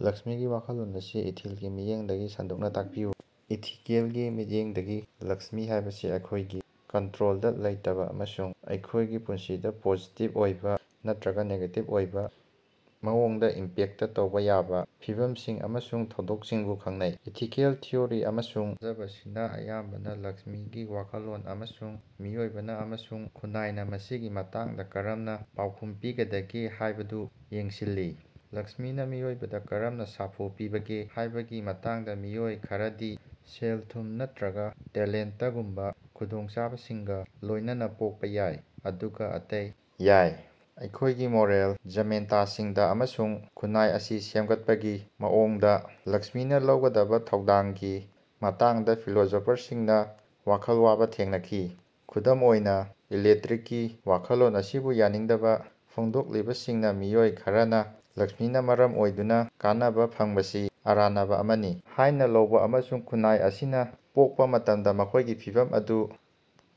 ꯂꯛꯁ꯭ꯃꯤꯒꯤ ꯋꯥꯈꯜꯂꯣꯟ ꯑꯁꯤ ꯏꯊꯤꯜꯒꯤ ꯃꯤꯠꯌꯦꯡꯗꯒꯤ ꯁꯟꯗꯣꯛꯅ ꯇꯥꯛꯄꯤꯌꯨ꯫ ꯏꯊꯤꯀꯦꯜꯒꯤ ꯃꯤꯠꯌꯦꯡꯗꯒꯤ, ꯂꯛꯁ꯭ꯃꯤ ꯍꯥꯏꯕꯁꯤ ꯑꯩꯈꯣꯏꯒꯤ ꯀꯟꯇꯔꯣꯜꯗ ꯂꯩꯇꯕ ꯑꯃꯁꯨꯡ ꯑꯩꯈꯣꯏꯒꯤ ꯄꯨꯟꯁꯤꯗ ꯄꯣꯖꯤꯇꯤꯕ ꯑꯣꯏꯕ ꯅꯠꯇꯔꯒ ꯅꯦꯒꯦꯇꯤꯕ ꯑꯣꯏꯕ ꯃꯑꯣꯡꯗ ꯏꯝꯄꯦꯛꯇ ꯇꯧꯕ ꯌꯥꯕ ꯐꯤꯚꯝꯁꯤꯡ ꯑꯃꯁꯨꯡ ꯊꯧꯗꯣꯛꯁꯤꯡꯕꯨ ꯈꯪꯅꯩ꯫ ꯏꯊꯤꯀꯦꯜ ꯊꯤꯑꯣꯔꯤ ꯑꯃꯁꯨꯡ ꯊꯥꯖꯕꯁꯤꯡꯅ ꯑꯌꯥꯝꯕꯅ ꯂꯛꯁ꯭ꯃꯤꯒꯤ ꯋꯥꯈꯜꯂꯣꯟ, ꯑꯃꯁꯨꯡ ꯃꯤꯑꯣꯏꯕꯅ ꯑꯃꯁꯨꯡ ꯈꯨꯟꯅꯥꯏꯅ ꯃꯁꯤꯒꯤ ꯃꯇꯥꯡꯗ ꯀꯔꯝꯅ ꯄꯥꯎꯈꯨꯝ ꯄꯤꯒꯗꯒꯦ ꯍꯥꯏꯕꯗꯨ ꯌꯦꯡꯁꯤꯜꯂꯤ꯫ ꯂꯛꯁ꯭ꯃꯤꯅ ꯃꯤꯑꯣꯏꯕꯗ ꯀꯔꯝꯅ ꯁꯥꯐꯨ ꯄꯤꯕꯒꯦ ꯍꯥꯏꯕꯒꯤ ꯃꯇꯥꯡꯗꯥ ꯃꯤꯑꯣꯏ ꯈꯔꯗꯤ ꯁꯦꯜ-ꯊꯨꯝ ꯅꯠꯇꯔ꯭ꯒ ꯇꯦꯂꯦꯟꯇꯒꯨꯝꯕ ꯈꯨꯗꯣꯡꯆꯥꯕꯁꯤꯡꯒ ꯂꯣꯏꯅꯅ ꯄꯣꯛꯄ ꯌꯥꯏ, ꯑꯗꯨꯒ ꯑꯇꯩ ꯌꯥꯏ꯫ ꯑꯩꯈꯣꯏꯒꯤ ꯃꯣꯔꯦꯜ ꯖꯃꯦꯟꯇꯁꯤꯡꯗꯥ ꯑꯃꯁꯨꯡ ꯈꯨꯟꯅꯥꯏ ꯑꯁꯤ ꯁꯦꯝꯒꯠꯄꯒꯤ ꯃꯑꯣꯡꯗ ꯂꯛꯁ꯭ꯃꯤꯅ ꯂꯧꯒꯗꯕ ꯊꯧꯗꯥꯡꯒꯤ ꯃꯇꯥꯡꯗ ꯐꯤꯂꯣꯁꯣꯐꯔꯁꯤꯡꯅ ꯋꯥꯈꯜ ꯋꯥꯕ ꯊꯦꯡꯅꯈꯤ꯫ ꯈꯨꯗꯝ ꯑꯣꯏꯅ, ꯏꯂꯦꯛꯇ꯭ꯔꯤꯛꯒꯤ ꯋꯥꯈꯜꯂꯣꯟ ꯑꯁꯤꯕꯨ ꯌꯥꯅꯤꯡꯗꯕ ꯐꯣꯡꯗꯣꯛꯂꯤꯕꯁꯤꯡꯅ ꯃꯤꯑꯣꯏ ꯈꯔꯅ ꯂꯛꯁ꯭ꯃꯤꯅ ꯃꯔꯝ ꯑꯣꯏꯗꯨꯅ ꯀꯥꯟꯅꯕ ꯐꯪꯕꯁꯤ ꯑꯔꯥꯅꯕ ꯑꯃꯅꯤ ꯍꯥꯏꯅ ꯂꯧꯏ, ꯑꯃꯁꯨꯡ ꯈꯨꯟꯅꯥꯏ ꯑꯁꯤꯅ ꯄꯣꯛꯄ ꯃꯇꯝꯗ ꯃꯈꯣꯏꯒꯤ ꯐꯤꯚꯝ ꯑꯗꯨ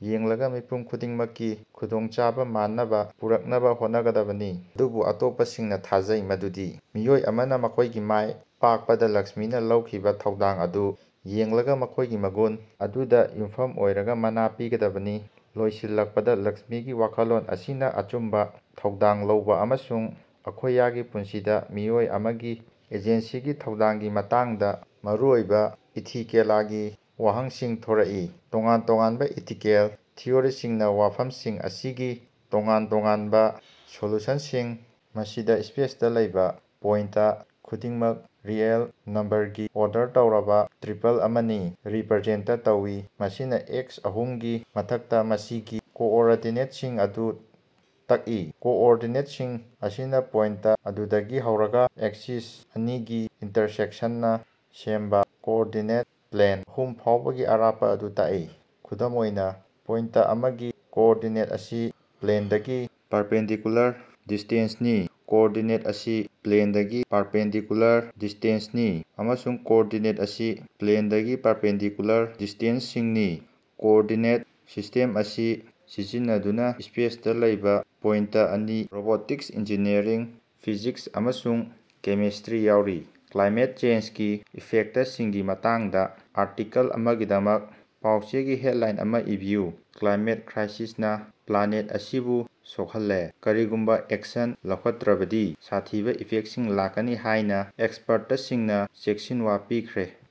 ꯌꯦꯡꯂꯒ ꯃꯤꯄꯨꯝ ꯈꯨꯗꯤꯡꯃꯛꯀꯤ ꯈꯨꯗꯣꯡꯆꯥꯕ ꯃꯥꯟꯅꯕ ꯄꯨꯔꯛꯅꯕ ꯍꯣꯠꯅꯒꯗꯕꯅꯤ꯫ ꯗꯨꯕꯨ ꯑꯇꯣꯞꯄꯁꯤꯡꯅ ꯊꯥꯖꯩ ꯃꯗꯨꯗꯤ ꯃꯤꯑꯣꯏ ꯑꯃꯅ ꯃꯈꯣꯏꯒꯤ ꯃꯥꯏ ꯄꯥꯛꯄꯗ ꯂꯛꯁ꯭ꯃꯤꯅ ꯂꯧꯈꯤꯕ ꯊꯧꯗꯥꯡ ꯑꯗꯨ ꯌꯦꯡꯂꯒ ꯃꯈꯣꯏꯒꯤ ꯃꯒꯨꯟ ꯑꯗꯨꯗ ꯌꯨꯝꯐꯝ ꯑꯣꯏꯔꯒ ꯃꯅꯥ ꯄꯤꯒꯗꯕꯅꯤ꯫ ꯂꯣꯏꯁꯤꯜꯂꯛꯄꯗ, ꯂꯛꯁ꯭ꯃꯤꯒꯤ ꯋꯥꯈꯜꯂꯣꯟ ꯑꯁꯤꯅ ꯑꯆꯨꯝꯕ, ꯊꯧꯗꯥꯡ ꯂꯧꯕ ꯑꯃꯁꯨꯡ ꯑꯩꯈꯣꯌꯒꯤ ꯄꯨꯟꯁꯤꯗꯥ ꯃꯤꯑꯣꯏ ꯑꯃꯒꯤ ꯑꯦꯖꯦꯟꯁꯤꯒꯤ ꯊꯧꯗꯥꯡꯒꯤ ꯃꯇꯥꯡꯗꯥ ꯃꯔꯨꯑꯣꯏꯕꯥ ꯏꯊꯤꯀꯦꯂꯒꯤ ꯋꯥꯍꯪꯁꯤꯡ ꯊꯣꯔꯛꯏ꯫ ꯇꯣꯉꯥꯟ ꯇꯣꯉꯥꯟꯕ ꯏꯊꯤꯀꯦꯜ ꯊꯤꯑꯣꯔꯤꯁꯤꯡꯅ ꯋꯥꯐꯝꯁꯤꯡ ꯑꯁꯤꯒꯤ ꯇꯣꯉꯥꯟ ꯇꯣꯉꯥꯟꯕ ꯁꯣꯂꯨꯁꯟꯁꯤꯡ ꯃꯁꯤꯗ, ꯁ꯭ꯄꯦꯁꯇꯥ ꯂꯩꯕ ꯄꯣꯏꯟꯇ ꯈꯨꯗꯤꯡꯃꯛ ꯔꯤꯑꯦꯜ ꯅꯝꯕꯔ ꯒꯤ ꯑꯣꯔꯗꯔ ꯇꯧꯔꯕ ꯇ꯭ꯔꯤꯄꯜ ꯑꯃꯅ ꯔꯤꯄꯔꯖꯦꯟꯇ ꯇꯧꯏ, ꯃꯁꯤꯅ ꯑꯦꯛꯁ ꯑꯍꯨꯝꯒꯤ ꯃꯊꯛꯇ ꯃꯁꯤꯒꯤ ꯀꯣꯑꯣꯔꯗꯤꯅꯦꯠꯁꯤꯡ ꯑꯗꯨ ꯇꯛꯏ꯫ ꯀꯣꯑꯣꯔꯗꯤꯅꯦꯠꯁꯤꯡ ꯑꯁꯤꯅ ꯄꯣꯏꯟꯇ ꯑꯗꯨꯗꯒꯤ ꯍꯧꯔꯒ ꯑꯦꯛꯁꯤꯁ ꯑꯅꯤꯒꯤ ꯏꯟꯇꯔꯁꯦꯛꯁꯟꯅ ꯁꯦꯝꯕꯥ ꯀꯣꯑꯣꯔꯗꯤꯅꯦꯠ ꯄ꯭ꯂꯦꯟ ꯑꯍꯨꯝ ꯐꯥꯎꯕꯒꯤ ꯑꯔꯥꯞꯄ ꯑꯗꯨ ꯇꯥꯛꯏ꯫ ꯈꯨꯗꯝ ꯑꯣꯏꯅꯥ, ꯄꯣꯏꯟꯇ ꯑꯃꯒꯤ -ꯀꯣꯑꯣꯔꯗꯤꯅꯦꯠ ꯑꯁꯤ -ꯄ꯭ꯂꯦꯟꯗꯒꯤ ꯄꯥꯔꯄꯦꯟꯗꯤꯀꯨꯂꯥꯔ ꯗꯤꯁ꯭ꯇꯦꯟꯁꯅꯤ, -ꯀꯣꯑꯣꯔꯗꯤꯅꯦꯠ ꯑꯁꯤ -ꯄ꯭ꯂꯦꯟꯗꯒꯤ ꯄꯥꯔꯄꯦꯟꯗꯤꯀꯨꯂꯥꯔ ꯗꯤꯁ꯭ꯇꯦꯟꯁꯅꯤ, ꯑꯃꯁꯨꯡ -ꯀꯣꯑꯣꯔꯗꯤꯅꯦꯠ ꯑꯁꯤ -ꯄ꯭ꯂꯦꯟꯗꯒꯤ ꯄꯥꯔꯄꯦꯟꯗꯤꯀꯨꯂꯥꯔ ꯗꯤꯁ꯭ꯇꯦꯟꯁꯤꯡꯅꯤ꯫ ꯀꯣꯑꯣꯔꯗꯤꯅꯦꯠ ꯁꯤꯁ꯭ꯇꯦꯝ ꯑꯁꯤ ꯁꯤꯖꯤꯟꯅꯗꯨꯅ ꯁ꯭ꯄꯦꯁꯇ ꯂꯩꯕ ꯄꯣꯏꯟꯇ ꯑꯅꯤ ꯔꯣꯕꯣꯇꯤꯛꯁ, ꯏꯟꯖꯤꯅꯤꯌꯔꯤꯡ, ꯐꯤꯖꯤꯛꯁ, ꯑꯃꯁꯨꯡ ꯀꯦꯃꯦꯁ꯭ꯇꯔꯤ ꯌꯥꯎꯔꯤ꯫ ꯀ꯭ꯂꯥꯏꯃꯦꯠ ꯆꯦꯟꯖꯒꯤ ꯏꯐꯦꯛꯇꯁꯤꯡꯒꯤ ꯃꯇꯥꯡꯗ ꯑꯥꯔꯇꯤꯀꯜ ꯑꯃꯒꯤꯗꯃꯛ ꯄꯥꯎ-ꯆꯦꯒꯤ ꯍꯦꯗꯂꯥꯏꯟ ꯑꯃ ꯏꯕꯤꯌꯨ꯫ "ꯀ꯭ꯂꯥꯏꯃꯦꯠ ꯀ꯭ꯔꯥꯏꯁꯤꯁꯅ ꯄ꯭ꯂꯥꯅꯦꯠ ꯑꯁꯤꯕꯨ ꯁꯣꯍꯜꯂꯦ: ꯀꯔꯤꯒꯨꯝꯕ ꯑꯦꯛꯁꯟ ꯂꯧꯈꯠꯇꯔ꯭ꯕꯗꯤ ꯁꯥꯊꯤꯕ ꯏꯐꯦꯛꯁꯤꯡ ꯂꯥꯛꯀꯅꯤ ꯍꯥꯏꯅ ꯑꯦꯛꯁꯄꯔꯇꯁꯤꯡꯅ ꯆꯦꯛꯁꯤꯟꯋꯥ ꯄꯤꯈ꯭ꯔꯦ"꯫